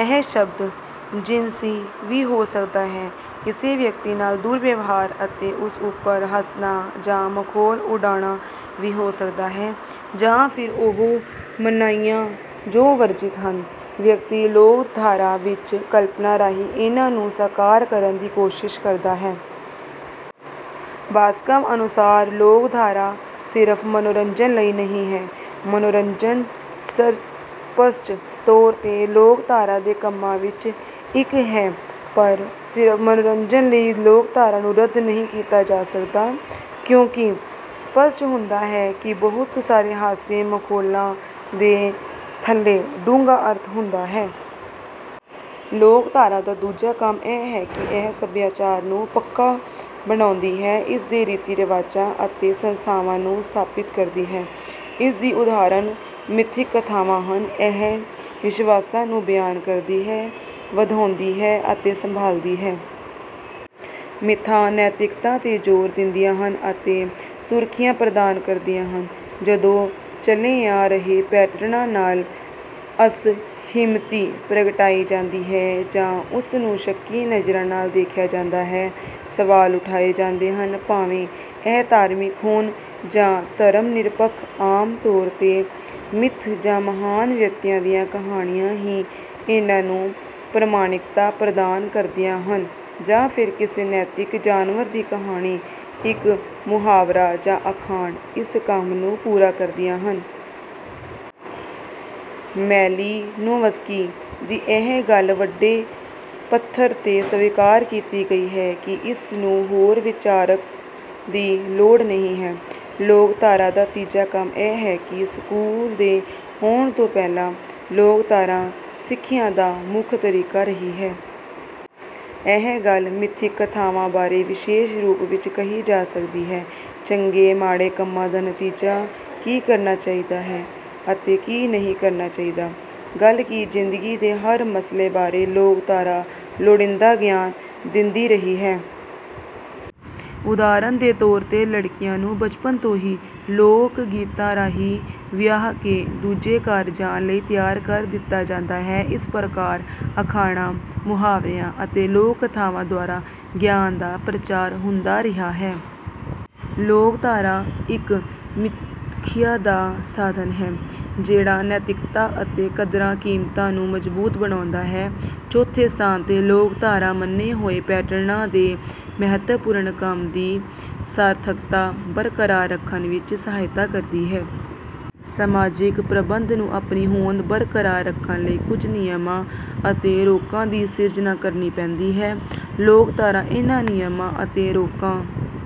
ਇਹ ਜ਼ਬਰ ਜਿਨਸੀ ਵੀ ਹੋ ਸਕਦਾ ਹੈ, ਕਿਸੇ ਵਿਅਕਤੀ ਨਾਲ ਦੁਰਵਿਵਹਾਰ ਅਤੇ ਉਸ ਉਪਰ ਹੱਸਣਾ ਜਾਂ ਮਖੌਲ ਉਡਾਉਣਾ ਵੀ ਹੋ ਸਕਦਾ ਹੈ, ਜਾਂ ਫਿਰ ਉਹ ਮਨਾਹੀਆਂ ਜੋ ਵਰਜਿਤ ਹਨ। ਵਿਅਕਤੀ ਲੋਕਧਾਰਾ ਵਿੱਚ ਕਲਪਨਾ ਰਾਹੀਂ ਇਹਨਾਂ ਨੂੰ ਸਾਕਾਰ ਕਰਨ ਦੀ ਕੋਸ਼ਿਸ਼ ਕਰਦਾ ਹੈ। ਬਾਸਕਮ ਅਨੁਸਾਰ ਲੋਕਧਾਰਾ ਸਿਰਫ ਮਨੋਰੰਜਨ ਲਈ ਨਹੀਂ ਹੈ। ਮਨੋਰੰਜਨ ਸਪੱਸ਼ਟ ਤੌਰ ਤੇ ਲੋਕਧਾਰਾ ਦੇ ਕੰਮਾਂ ਵਿੱਚੋਂ ਇੱਕ ਹੈ ਪਰ ਸਿਰਫ ਮਨੋਰੰਜਨ ਲਈ ਲੋਕਧਾਰਾ ਨੂੰ ਰੱਦ ਨਹੀਂ ਕੀਤਾ ਜਾ ਸਕਦਾ। ਕਿਉਂਕਿ ਇਹ ਸਪੱਸ਼ਟ ਹੁੰਦਾ ਹੈ ਕਿ ਬਹੁਤ ਸਾਰੇ ਹਾਸੇ ਮਖੌਲਾਂ ਦੇ ਥੱਲੇ ਡੂੰਘਾ ਅਰਥ ਹੁੰਦਾ ਹੈ। ਲੋਕਧਾਰਾ ਦਾ ਦੂਜਾ ਕੰਮ ਇਹ ਹੈ ਕਿ ਇਹ ਸਭਿਆਚਾਰ ਨੂੰ ਪੱਕਾ ਬਣਾਉਂਦੀ ਹੈ, ਇਸਦੇ ਰੀਤੀ ਰਿਵਾਜਾਂ ਅਤੇ ਸੰਸਥਾਵਾਂ ਨੂੰ ਸਥਾਪਿਤ ਕਰਦੀ ਹੈ। ਇਸਦੀ ਉਦਾਹਰਣ ਮਿਥਿਕ ਕਥਾਵਾਂ ਹਨ। ਇਹ ਵਿਸ਼ਵਾਸਾਂ ਨੂੰ ਬਿਆਨ ਕਰਦੀ ਹੈ, ਵਧਾਉਂਦੀ ਹੈ ਅਤੇ ਸੰਭਾਲਦੀ ਹੈ। ਮਿਥਾਂ ਨੈਤਿਕਤਾ ਤੇ ਜ਼ੋਰ ਦਿੰਦੀਆਂ ਹਨ ਅਤੇ ਸੁਰੱਖਿਆ ਪ੍ਰਦਾਨ ਕਰਦੀਆਂ ਹਨ। ਜਦੋਂ ਚਲੇ ਆ ਰਹੇ ਪੈਟਰਨਾਂ ਨਾਲ ਅਸਹਿਮਤੀ ਪ੍ਰਗਟਾਈ ਜਾਂਦੀ ਹੈ ਜਾਂ ਇਸਨੂੰ ਸ਼ੱਕੀ ਨਜ਼ਰਾਂ ਨਾਲ ਦੇਖਿਆ ਜਾਂਦਾ ਹੈ, ਸਵਾਲ ਉਠਾਏ ਜਾਂਦੇ ਹਨ, ਭਾਵੇਂ ਇਹ ਧਾਰਮਿਕ ਹੋਣ ਜਾਂ ਧਰਮ ਨਿਰਪੱਖ, ਆਮ ਤੌਰ ਤੇ ਮਿੱਥ ਜਾਂ ਮਹਾਨ ਵਿਅਕਤੀਆਂ ਦੀਆਂ ਕਹਾਣੀਆਂ ਹੀ ਇਹਨਾਂ ਨੂੰ ਪ੍ਰਮਾਣਿਕਤਾ ਪ੍ਰਦਾਨ ਕਰਦੀਆਂ ਹਨ ਜਾਂ ਫਿਰ ਕਿਸੇ ਨੈਤਿਕ ਜਾਨਵਰ ਦੀ ਕਹਾਣੀ, ਇੱਕ ਮੁਹਾਵਰਾ ਜਾਂ ਅਖਾਣ, ਇਸ ਕੰਮ ਨੂੰ ਪੂਰਾ ਕਰਦੀਆਂ ਹਨ। ਮੈਲੀਨੋਵਸਕੀ ਦੀ ਇਹ ਗੱਲ ਵੱਡੇ ਪੱਧਰ ਤੇ ਸਵੀਕਾਰ ਕੀਤੀ ਗਈ ਹੈ ਕਿ ਇਸਨੂੰ ਹੋਰ ਵਿਚਾਰਨ ਦੀ ਲੋੜ ਨਹੀਂ ਹੈ। ਲੋਕਧਾਰਾ ਦਾ ਤੀਜਾ ਕੰਮ ਇਹ ਹੈ ਕਿ ਸਕੂਲ ਦੇ ਆਉਣ ਤੋਂ ਪਹਿਲਾਂ, ਲੋਕਧਾਰਾ ਸਿੱਖਿਆ ਦਾ ਮੁੱਖ ਤਰੀਕਾ ਰਹੀ ਹੈ। ਇਹ ਗੱਲ ਮਿਥਿਕ ਕਥਾਵਾਂ ਬਾਰੇ ਵਿਸ਼ੇਸ਼ ਰੂਪ ਵਿੱਚ ਕਹੀ ਜਾ ਸਕਦੀ ਹੈ। ਚੰਗੇ ਮਾੜੇ ਕੰਮਾਂ ਦਾ ਨਤੀਜਾ, ਕੀ ਕਰਨਾ ਚਾਹੀਦਾ ਹੈ ਅਤੇ ਕੀ ਨਹੀਂ ਕਰਨਾ ਚਾਹੀਦਾ। ਗੱਲ ਕੀ ਜ਼ਿੰਦਗੀ ਦੇ ਹਰ ਮਸਲੇ ਬਾਰੇ ਲੋਕਧਾਰਾ ਲੋੜੀਂਦਾ ਗਿਆਨ ਦਿੰਦੀ ਰਹੀ ਹੈ। ਉਦਾਹਰਣ ਦੇ ਤੌਰ ਤੇ ਲੜਕੀਆਂ ਨੂੰ ਬਚਪਨ ਤੋਂ ਹੀ ਲੋਕ ਗੀਤਾਂ ਰਾਹੀਂ ਵਿਆਹ ਕੇ ਦੂਜੇ ਘਰ ਜਾਣ ਲਈ ਤਿਆਰ ਕਰ ਦਿੱਤਾ ਜਾਂਦਾ ਹੈ। ਇਸ ਪ੍ਰਕਾਰ ਅਖਾਣਾਂ, ਮੁਹਾਵਰਿਆਂ ਅਤੇ ਲੋਕ ਕਥਾਵਾਂ ਦੁਆਰਾ ਗਿਆਨ ਦਾ ਪ੍ਰਚਾਰ ਹੁੰਦਾ ਰਿਹਾ ਹੈ। ਲੋਕਧਾਰਾ ਇੱਕ ਸਿੱਖਿਆ ਦਾ ਸਾਧਨ ਹੈ ਜਿਹੜਾ ਨੈਤਿਕਤਾ ਅਤੇ ਕਦਰਾਂ ਕੀਮਤਾਂ ਨੂੰ ਮਜ਼ਬੂਤ ਬਣਾਉਂਦਾ ਹੈ। ਚੌਥੇ ਸਥਾਨ ਤੇ ਲੋਕਧਾਰਾ ਮੰਨੇ ਹੋਏ ਪੈਟਰਨਾਂ ਦੇ ਮਹੱਤਵਪੂਰਨ ਕੰਮ ਦੀ ਸਾਰਥਕਤਾ ਬਰਕਰਾਰ ਰੱਖਣ ਵਿੱਚ ਸਹਾਇਤਾ ਕਰਦੀ ਹੈ। ਸਮਾਜਿਕ ਪ੍ਰਬੰਧ ਨੂੰ ਆਪਣੀ ਹੋਂਦ ਬਰਕਰਾਰ ਰੱਖਣ ਲਈ ਕੁਝ ਨਿਯਮਾਂ ਅਤੇ ਰੋਕਾਂ ਦੀ ਸਿਰਜਣਾ ਕਰਨੀ ਪੈਂਦੀ ਹੈ। ਲੋਕਧਾਰਾ ਇਹਨਾਂ ਨਿਯਮਾਂ ਅਤੇ ਰੋਕਾਂ